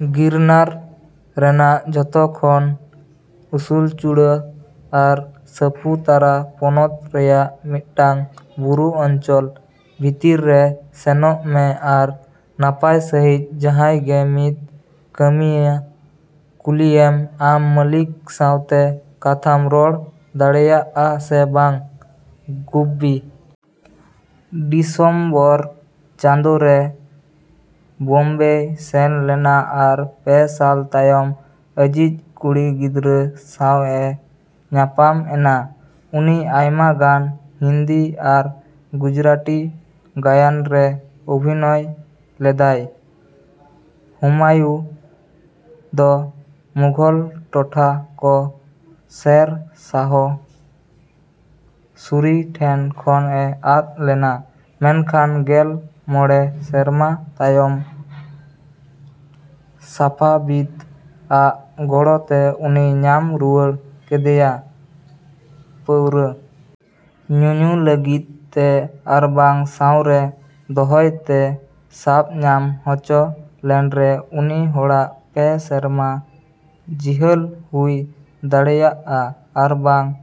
ᱜᱤᱨᱱᱟᱨ ᱨᱮᱱᱟᱜ ᱡᱷᱚᱛᱚ ᱠᱷᱚᱱ ᱩᱥᱩᱞ ᱪᱩᱲᱟᱹ ᱟᱨ ᱥᱟᱯᱩ ᱛᱟᱨᱟ ᱯᱚᱱᱚᱛ ᱨᱮᱭᱟᱜ ᱢᱤᱫᱴᱟᱝ ᱵᱩᱨᱩ ᱚᱧᱪᱚᱞ᱾ᱵᱷᱤᱛᱤᱨ ᱨᱮ ᱥᱮᱱᱚᱜ ᱢᱮ ᱟᱨ ᱱᱟᱯᱟᱭ ᱥᱟᱺᱦᱤᱡ ᱡᱟᱦᱟᱸᱭ ᱜᱮ ᱢᱤᱫ ᱠᱟᱹᱢᱤᱭᱟᱹ ᱠᱩᱞᱤᱭᱮᱢ ᱟᱢ ᱢᱟᱹᱞᱤᱠ ᱥᱟᱶᱛᱮ ᱠᱟᱛᱷᱟᱢ ᱨᱚᱲ ᱫᱟᱲᱮᱭᱟᱜᱼᱟ ᱥᱮ ᱵᱟᱝ᱾ᱜᱩᱵᱵᱤ ᱰᱤᱥᱚᱢᱵᱚᱨ ᱪᱟᱸᱫᱳ ᱨᱮ ᱵᱚᱢᱵᱮᱭ ᱥᱮᱱ ᱞᱮᱱᱟ ᱟᱨ ᱯᱮ ᱥᱟᱞ ᱛᱟᱭᱚᱢ ᱟᱹᱡᱤᱡ ᱠᱩᱲᱤ ᱜᱤᱫᱽᱨᱟᱹ ᱥᱟᱶ ᱮ ᱧᱟᱯᱟᱢ ᱮᱱᱟ᱾ᱩᱱᱤ ᱟᱭᱢᱟ ᱜᱟᱱ ᱦᱤᱱᱫᱤ ᱟᱨ ᱜᱩᱡᱽᱨᱟᱴᱤ ᱜᱟᱭᱟᱱ ᱨᱮ ᱚᱵᱷᱤᱱᱚᱭ ᱞᱮᱫᱟᱭ᱾ᱦᱩᱢᱟᱭᱩ ᱫᱚ ᱢᱩᱜᱷᱚᱞ ᱴᱚᱴᱷᱟ ᱠᱚ ᱥᱮᱨ ᱥᱟᱦᱚ ᱥᱩᱨᱤ ᱴᱷᱮᱱ ᱠᱷᱚᱱ ᱮ ᱟᱫ ᱞᱮᱱᱟ, ᱢᱮᱱᱠᱷᱟᱱ ᱜᱮᱞ ᱢᱚᱸᱬᱮ ᱥᱮᱨᱢᱟ ᱛᱟᱭᱚᱢ ᱥᱟᱯᱷᱟᱵᱤᱫ ᱟᱜ ᱜᱚᱲᱚ ᱛᱮ ᱩᱱᱤᱭ ᱧᱟᱢ ᱨᱩᱣᱟᱹᱲ ᱠᱮᱫᱭᱟ᱾ᱯᱟᱹᱣᱨᱟᱹ ᱧᱩᱧᱩ ᱞᱟᱹᱜᱤᱫᱛᱮ ᱟᱨᱵᱟᱝ ᱥᱟᱶᱨᱮ ᱫᱚᱦᱚᱭᱛᱮ ᱥᱟᱵ ᱧᱟᱢ ᱦᱚᱪᱚ ᱞᱮᱱᱨᱮ, ᱩᱱᱤ ᱦᱚᱲᱟᱜ ᱯᱮᱼᱥᱮᱨᱢᱟ ᱡᱤᱦᱟᱹᱞ ᱦᱩᱭ ᱫᱟᱲᱮᱭᱟᱜᱼᱟ ᱟᱨᱵᱟᱝ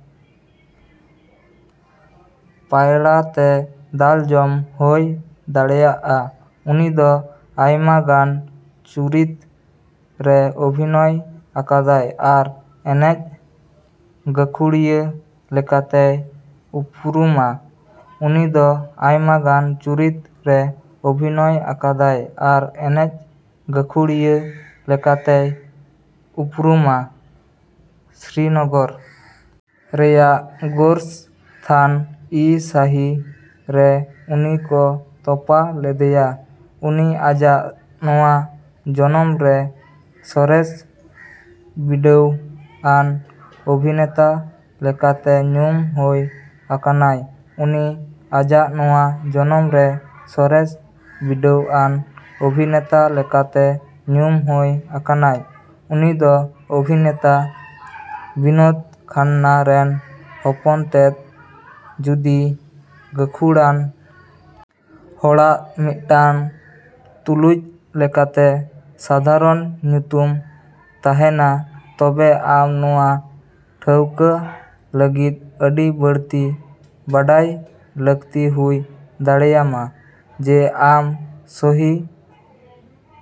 ᱯᱟᱭᱲᱟᱛᱮ ᱫᱟᱞ ᱡᱚᱢ ᱦᱚᱭ ᱫᱟᱲᱮᱭᱟᱜᱼᱟ᱾ᱩᱱᱤᱫᱚ ᱟᱭᱢᱟᱜᱟᱱ ᱪᱩᱨᱤᱛ ᱨᱮ ᱚᱵᱷᱤᱱᱚᱭ ᱟᱠᱟᱫᱟᱭ ᱟᱨ ᱮᱱᱮᱡ ᱜᱟᱹᱠᱷᱩᱲᱤᱭᱟᱹ ᱞᱮᱠᱟᱛᱮᱭ ᱩᱯᱨᱩᱢᱟ᱾ᱩᱱᱤᱫᱚ ᱟᱭᱢᱟᱜᱟᱱ ᱪᱩᱨᱤᱛ ᱨᱮ ᱚᱵᱷᱤᱱᱚᱭ ᱟᱠᱟᱫᱟᱭ ᱟᱨ ᱮᱱᱮᱡ ᱜᱟᱹᱠᱷᱩᱲᱤᱭᱟᱹ ᱞᱮᱠᱟᱛᱮᱭ ᱩᱯᱨᱩᱢᱟ᱾ᱥᱨᱤᱱᱚᱜᱚᱨ ᱨᱮᱭᱟᱜ ᱜᱳᱨᱥᱛᱷᱟᱱ ᱤ ᱥᱟᱦᱤ ᱨᱮ ᱩᱱᱤ ᱠᱚ ᱛᱚᱯᱟ ᱞᱮᱫᱮᱭᱟ᱾ᱩᱱᱤ ᱟᱡᱟᱜ ᱱᱚᱶᱟ ᱡᱚᱱᱚᱢᱨᱮ ᱥᱚᱨᱮᱥ ᱵᱤᱰᱟᱹᱣ ᱟᱱ ᱚᱵᱷᱤᱱᱮᱛᱟ ᱞᱮᱠᱟᱛᱮ ᱧᱩᱢ ᱦᱳᱭ ᱟᱠᱟᱱᱟᱭ᱾ᱩᱱᱤ ᱟᱡᱟᱜ ᱱᱚᱶᱟ ᱡᱚᱱᱚᱢᱨᱮ ᱥᱚᱨᱮᱥ ᱵᱤᱰᱟᱹᱣ ᱟᱱ ᱚᱵᱷᱤᱱᱮᱛᱟ ᱞᱮᱠᱟᱛᱮ ᱧᱩᱢ ᱦᱳᱭ ᱟᱠᱟᱱᱟᱭ᱾ᱩᱱᱤᱫᱚ ᱚᱵᱷᱤᱱᱮᱛᱟ ᱵᱤᱱᱳᱫ ᱠᱷᱟᱱᱱᱟ ᱨᱮᱱ ᱦᱚᱯᱚᱱᱛᱮᱫ᱾ᱡᱩᱫᱤ, ᱜᱟᱹᱠᱷᱩᱲᱟᱱ ᱦᱚᱲᱟᱜ ᱢᱤᱫᱴᱟᱝ ᱛᱩᱞᱩᱡ ᱞᱮᱠᱟᱛᱮ ᱥᱟᱫᱷᱟᱨᱚᱱ ᱧᱩᱛᱩᱢ ᱛᱟᱸᱦᱮᱱᱟ ᱛᱚᱵᱮ ᱟᱢ ᱱᱚᱶᱟ ᱴᱷᱟᱹᱣᱠᱟ ᱞᱟᱹᱜᱤᱫ ᱟᱹᱰᱤ ᱵᱟᱹᱲᱛᱤ ᱵᱟᱰᱟᱭ ᱞᱟᱹᱠᱛᱤ ᱦᱩᱭ ᱫᱟᱲᱮᱭᱟᱢᱟ ᱡᱮ ᱟᱢ ᱥᱚᱦᱤ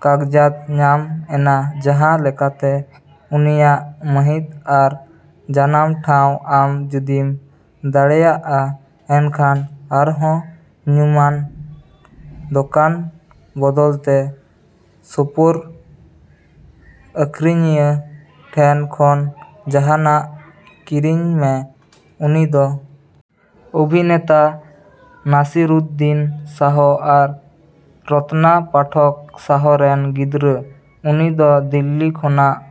ᱠᱟᱜᱡᱟᱛ ᱧᱟᱢ ᱮᱱᱟ, ᱡᱟᱸᱦᱟ ᱞᱮᱠᱟᱛᱮ ᱩᱱᱤᱭᱟᱜ ᱢᱟᱹᱦᱤᱛ ᱟᱨ ᱡᱟᱱᱟᱢ ᱴᱷᱟᱶ᱾ᱟᱢ ᱡᱩᱫᱤᱢ ᱫᱟᱲᱮᱭᱟᱜᱼᱟ, ᱮᱱᱠᱷᱟᱱ ᱟᱨᱦᱚᱸ ᱧᱩᱢᱟᱱ ᱫᱚᱠᱟᱱ ᱵᱚᱫᱚᱞᱛᱮ ᱥᱳᱯᱳᱨ ᱟᱹᱠᱷᱨᱤᱧᱤᱭᱟᱹ ᱴᱷᱮᱱ ᱠᱷᱚᱱ ᱡᱟᱦᱟᱱᱟᱜ ᱠᱤᱨᱤᱧᱢᱮ᱾ᱩᱱᱤᱫᱚ ᱚᱵᱷᱤᱱᱮᱛᱟ ᱱᱟᱥᱤᱨᱩᱫᱽᱫᱤᱱ ᱥᱟᱦᱚ ᱟᱨ ᱨᱚᱛᱱᱟ ᱯᱟᱴᱷᱚᱠ ᱥᱟᱦᱚ ᱨᱮᱱ ᱜᱤᱫᱽᱨᱟᱹ᱾ᱩᱱᱤᱫᱚ ᱫᱤᱞᱞᱤ ᱠᱷᱚᱱᱟᱜ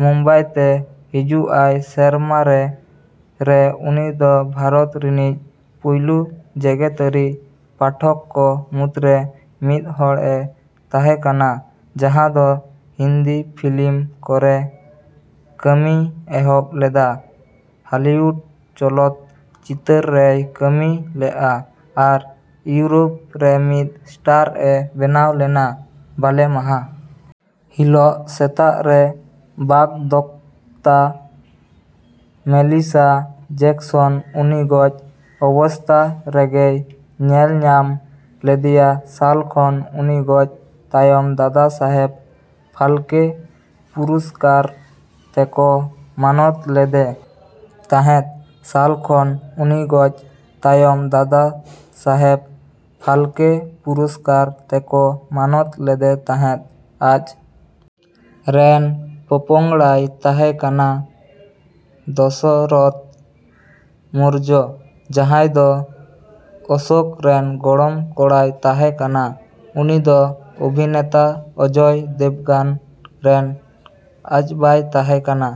ᱢᱩᱢᱵᱟᱭᱛᱮ ᱦᱤᱡᱩᱜ ᱟᱭ ᱥᱮᱨᱢᱟᱨᱮ ᱨᱮ᱾ᱩᱱᱤ ᱫᱚ ᱵᱷᱟᱨᱚᱛ ᱨᱤᱱᱤᱡ ᱯᱩᱭᱞᱩ ᱡᱮᱜᱮᱛᱟᱹᱨᱤ ᱯᱟᱴᱷᱚᱠ ᱠᱚ ᱢᱩᱫᱽ ᱨᱮ ᱢᱤᱫ ᱦᱚᱲ ᱮ ᱛᱟᱸᱦᱮ ᱠᱟᱱᱟ ᱡᱟᱸᱦᱟ ᱫᱚ ᱦᱤᱱᱫᱤ ᱯᱷᱤᱞᱤᱢ ᱠᱚ ᱨᱮ ᱠᱟᱹᱢᱤᱭ ᱮᱦᱚᱵ ᱞᱮᱫᱟ, ᱦᱟᱞᱤᱭᱩᱰ ᱪᱚᱞᱚᱛ ᱪᱤᱛᱟᱹᱨ ᱨᱮᱭ ᱠᱟᱹᱢᱤ ᱞᱮᱜᱼᱟ ᱟᱨ ᱤᱭᱩᱨᱳᱯ ᱨᱮ ᱢᱤᱫ ᱥᱴᱟᱨ ᱮ ᱵᱮᱱᱟᱣ ᱞᱮᱱᱟ᱾ᱵᱟᱞᱮᱢᱟᱦᱟ ᱦᱤᱞᱳᱜ ᱥᱮᱛᱟᱜ ᱨᱮ ᱵᱟᱜᱽᱫᱚᱛᱛᱟ ᱢᱮᱞᱤᱥᱟ ᱡᱮᱠᱥᱚᱱ ᱩᱱᱤ ᱜᱚᱡ ᱚᱵᱚᱥᱛᱷᱟ ᱨᱮᱜᱮᱭ ᱧᱮᱞᱧᱟᱢ ᱞᱮᱫᱮᱭᱟ᱾ᱥᱟᱞ ᱠᱷᱚᱱ ᱩᱱᱤ ᱜᱚᱡᱽ ᱛᱟᱭᱚᱢ ᱫᱟᱫᱟ ᱥᱟᱦᱮᱵ ᱯᱷᱟᱞᱠᱮ ᱯᱩᱨᱩᱥᱠᱟᱨ ᱛᱮᱠᱚ ᱢᱟᱱᱚᱛ ᱞᱮᱫᱮ ᱛᱟᱦᱮᱸᱫ᱾ᱥᱟᱞ ᱠᱷᱚᱱ ᱩᱱᱤ ᱜᱚᱡᱽ ᱛᱟᱭᱚᱢ ᱫᱟᱫᱟ ᱥᱟᱦᱮᱵ ᱯᱷᱟᱞᱠᱮ ᱯᱩᱨᱩᱥᱠᱟᱨ ᱛᱮᱠᱚ ᱢᱟᱱᱚᱛ ᱞᱮᱫᱮ ᱛᱟᱦᱮᱸᱫ᱾ᱟᱡ ᱨᱮᱱ ᱯᱚᱯᱚᱝᱲᱟᱭ ᱛᱟᱦᱮᱸ ᱠᱟᱱᱟ ᱫᱚᱥᱚᱨᱚᱛᱷ ᱢᱳᱨᱡᱚ, ᱡᱟᱦᱟᱸᱭ ᱫᱚ ᱚᱥᱳᱠ ᱨᱮᱱ ᱜᱚᱲᱚᱢ ᱠᱚᱲᱟᱭ ᱛᱟᱦᱮᱸ ᱠᱟᱱᱟ᱾ᱩᱱᱤᱫᱚ ᱚᱵᱷᱤᱱᱮᱛᱟ ᱚᱡᱚᱭ ᱫᱮᱵᱽᱜᱟᱱ ᱨᱮᱱ ᱟᱡᱵᱟᱭ ᱛᱟᱦᱮᱸ ᱠᱟᱱᱟ᱾